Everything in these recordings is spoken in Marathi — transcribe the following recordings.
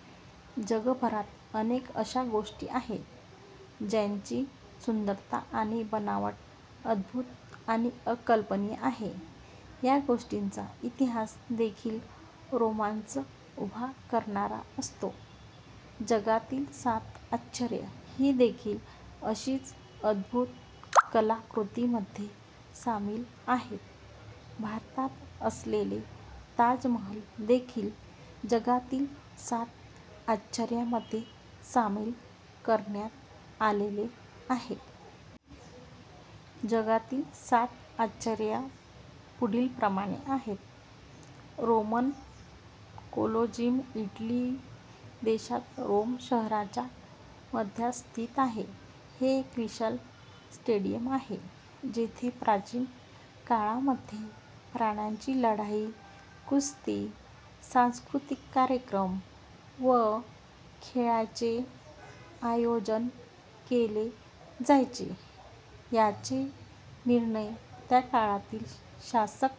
: जगभरात अनेक अशा गोष्टी आहेत ज्यांची सुंदरता आणि बनावट अद्भुत आणि अकल्पनीय आहे. या गोष्टींचा इतिहास देखील रोमांच उभे करणारा असतो. जगातील सात आश्चर्य ही देखील अशीच अद्भुत कलाकृतींमध्ये सामील आहेत. भारतात असलेले ताज महाल देखील जगातील सात आश्चर्यांमध्ये सामील करण्यात आलेले आहे. जगातील सात आश्चर्य पुढीलप्रमाणे आहेत रोमन कोलोजियम इटली देशातील रोम शहराच्या मध्यात स्थित आहे. हे एक विशाल स्टेडियम आहे जेथे प्राचीन काळामध्ये प्राण्यांची लढाई, कुस्ती, सांस्कृतिक कार्यक्रम व खेळांचे आयोजन केले जायचे. याचे निर्माण त्याकाळातील शासक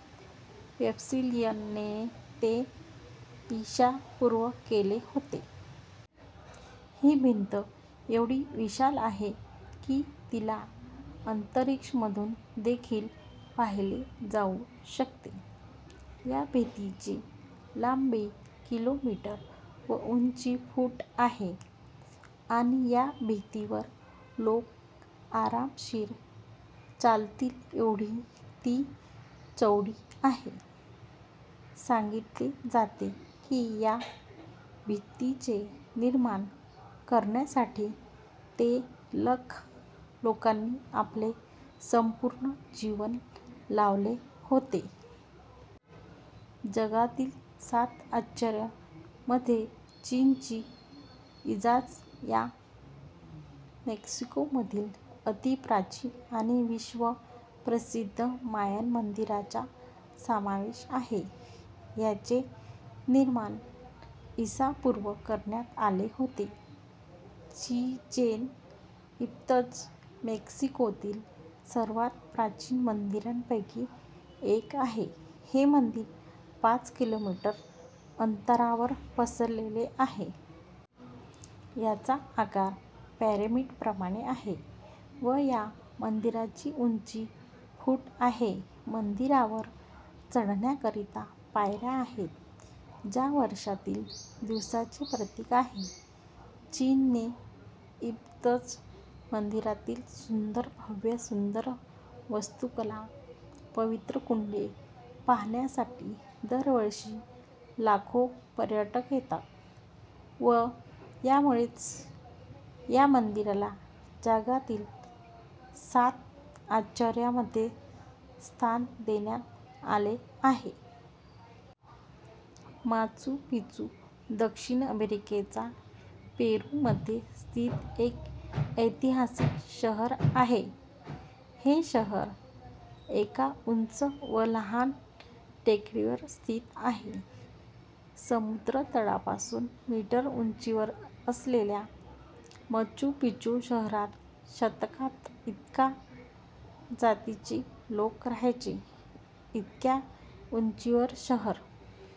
वेस्पियन ने ते ईसा पूर्व केले होते. ही भिंत एवढी विशाल आहे की तिला अंतरिक्ष मधून देखील पाहिले जाऊ शकते. या भिंतीची लांबी किलोमीटर व उंची फूट आहे. आणि या भिंतीवर लोक आरामशीर चालतील एवढी ती चौडी आहे. सांगितले जाते की या भिंतीचे निर्माण करण्यासाठी ते लाख लोकांनी आपले संपूर्ण जीवन लावले होते. जगातील सात आश्चर्य मध्ये चीचेन इत्जा या मेक्सिकोमधील अती प्राचीन आणि विश्व प्रसिद्ध मयान मंदिराचा समावेश आहे. याचे निर्माण ईसा पूर्व करण्यात आले होते. चीचेन इत्जा मेक्सिकोतील सर्वात प्राचीन मंदिरांपैकी एक आहे. हे मंदिर पाच किलोमीटर अंतरात पसरलेले आहे. याचा आकार पिरॅमिड प्रमाणे आहे. व या मंदिराची उंची फूट आहे. मंदिरावर चढण्याकरिता पायऱ्या आहेत, ज्या वर्षातील दिवसांचे प्रतीक आहेत. चीचेन इत्जा मंदिराची सुंदरता, भव्यता, सुंदर वास्तुकला, पवित्र कुंडे पाहण्यासाठी दरवर्षी लाखो पर्यटक येतात व यामुळेच या मंदिराला जगातील सात आश्चर्यांमध्ये स्थान देण्यात आले आहे. माचू पिचू दक्षिण अमेरिका च्या पेरू मध्ये स्थित एक ऐतिहासिक शहर आहे. हे शहर एका उंच व लहान टेकडीवर स्थित आहे. समुद्र तळापासून मीटर उंचीवर असलेल्या माचू पिचू शहरात शतकात इंका जातीचे लोक राहायचे. इतक्या उंचीवर शहर